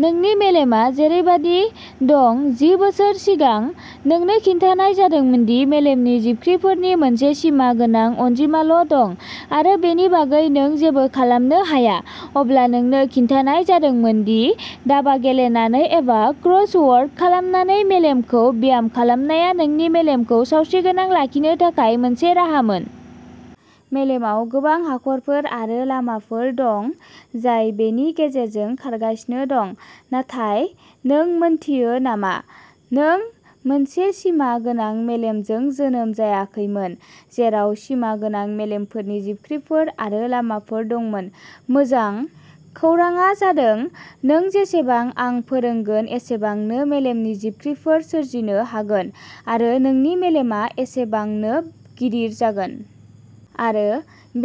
नोंनि मेलेमआ जेरैबादि दं जि बोसोर सिगां, नोंनो खिन्थानाय जादोंमोन दि मेलेमनि जिबख्रिफोरनि मोनसे सिमा गोनां अनजिमाल' दं आरो बेनि बागै नों जेबो खालामनो हाया। अब्ला नोंनो खिन्थानाय जादोंमोन दि दाबा गेलेनानै एबा क्रस वर्ड खालामनानै मेलेमखौ ब्याम खालामनाया नोंनि मेलेमखौ सावस्रिगोनां लाखिनो थाखाय मोनसे राहामोन। मेलेमाव गोबां हाखरफोर आरो लामाफोर दं जाय बेनि गेजेरजों खारगासिनो दं। नाथाय, नों मिन्थियो नामा? नों मोनसे सिमा गोनां मेलेमजों जोनोम जायाखैमोन जेराव सिमा गोनां मेलेमनि जिबख्रिफोर आरो लामाफोर दंमोन। मोजां खौरांआ जादों नों जेसेबां आं फोरोंगोन एसेबांनो मेलेमनि जिबख्रिफोर सोरजिनो हागोन आरो नोंनि मेलेमआ एसेबांनो गिदिर जागोन। आरो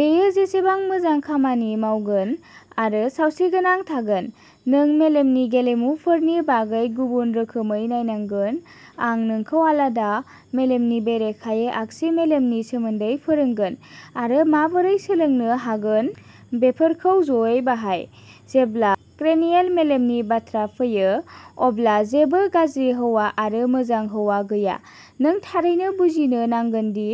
बेयो जेसेबां मोजां खामानि मावगोन आरो सावस्रिगोनां थागोन। नों मेलेमनि गेलेमुफोरनि बागै गुबुन रोखोमै नायनांगोन। आं नोंखौ आगदा मेलेमनि बेरेखायै आगसि मेलेमनि सोमोन्दै फोरोंगोन। आरो माबोरै सोलोंनो हागोन। बेफोरखौ जयै बाहाय। जेब्ला क्रेनियेल मेलेमनि बाथ्रा फैयो, अब्ला जेबो गाज्रि हौवा आरो मोजां हौवा गैया नों थारैनो बुजिनो नांगोन दि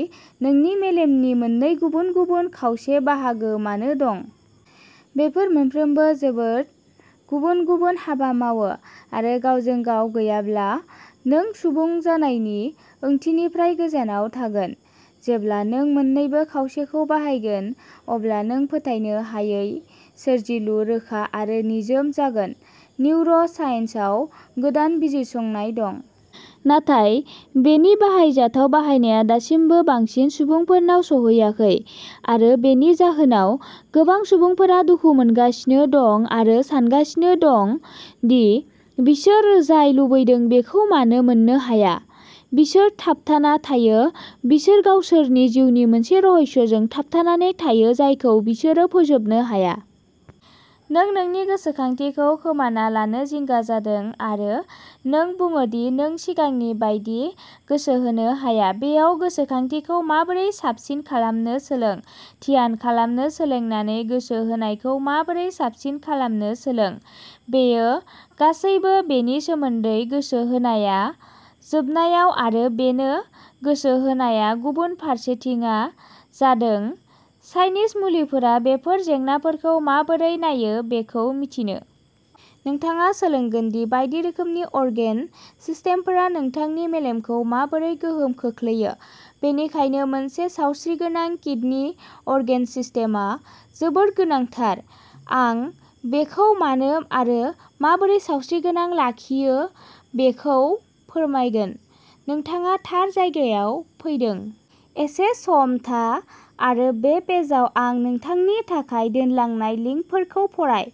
नोंनि मेलेमनि मोननै गुबुन-गुबुन खावसे बाहागो मानो दं। बेफोर मोनफ्रोमबो जोबोद गुबुन-गुबुन हाबा मावो आरो गावजों-गाव गैयाब्ला, नों सुबुं जानायनि ओंथिनिफ्राय गोजानाव थागोन। जेब्ला नों मोन्नैबो खावसेखौ बाहायगोन, अब्ला नों फोथायनो हायै सोरजिलु, रोखा आरो निजोम जागोन। निउर' साइन्सआव गोदान बिजिरसंनाय दं। नाथाय बेनि बाहायजाथाव बाहायनाया दासिमबो बांसिन सुबुंफोरनाव सौहैयाखै। आरो बेनि जाहोनाव, गोबां सुबुंफोरा दुखु मोनगासिनो दं आरो सानगासिनो दं दि बिसोर जाय लुबैदों बेखौ मानो मोननो हाया। बिसोर थाबथाना थायो। बिसोर गावसोरनि जिउनि मोनसे रहस्यजों थाबथानानै थायो जायखौ बिसोरो फोजोबनो हाया। नों नोंनि गोसोखांथिखौ खोमाना लानो जिंगा जादों आरो नों बुङो दि नों सिगांनि बायदि गोसो होनो हाया? बेयाव गोसोखांथिखौ माबोरै साबसिन खालामनो सोलों। ध्यान खालामनो सोलोंनानै गोसो होनायखौ माबोरै साबसिन खालामनो सोलों। बेयो गासैबो बेनि सोमोन्दै गोसो होनाया, जोबनायाव आरो बेनो गोसो होनाया गुबुन फारसेथिंआ जादों चाइनिज मुलिफोरा बेफोर जेंनाफोरखौ माबोरै नायो बेखौ मिथिनो। नोंथाङा सोलोंगोन दि बायदि रोखोमनि अर्गेन सिस्टेमफोरा नोंथांनि मेलेमखौ माबोरै गोहोम खोख्लैयो। बेनिखायनो मोनसे सावस्रिगोनां किडनि अर्गेन सिस्टेमआ जोबोद गोनांथार। आं बेखौ मानो आरो माबोरै सावस्रिगोनां लाखियो बेखौ फोरमायगोन। नोंथाङा थार जायगायाव फैदों। एसे सम था आरो बे पेजआव आं नोंथांनि थाखाय दोनलांनाय लिंकफोरखौ फराय।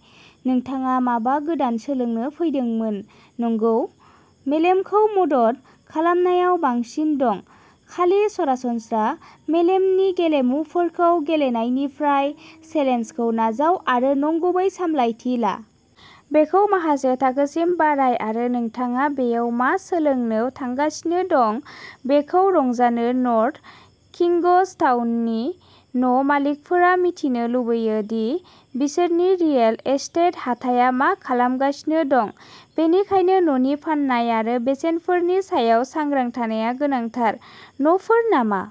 नोंथाङा माबा गोदान सोलोंनो फैदोंमोन, नंगौ? मेलेमखौ मदद खालामनायाव बांसिन दं, खालि सरासनस्रा मेलेमनि गेलेमुफोरखौ गेलेनायनिफ्राय। चेलेन्जखौ नाजाव आरो नंगुबै सामलायथि ला। बेखौ माखासे थाखोसिम बाराय आरो नोंथाङा बेयाव मा सोलोंनो थांगासिनो दं बेजों रंजानो नर्थ किंग्सटाउननि न' मालिकफोरा मिथिनो लुगैयो दि बिसोरनि रियेल एस्टेट हाथाया मा खालामगासिनो दं, बेनिखायनो न'नि फान्नाय आरो बेसेनफोरनि सायाव सांग्रां थानाया गोनांथार। न'फोर नामा?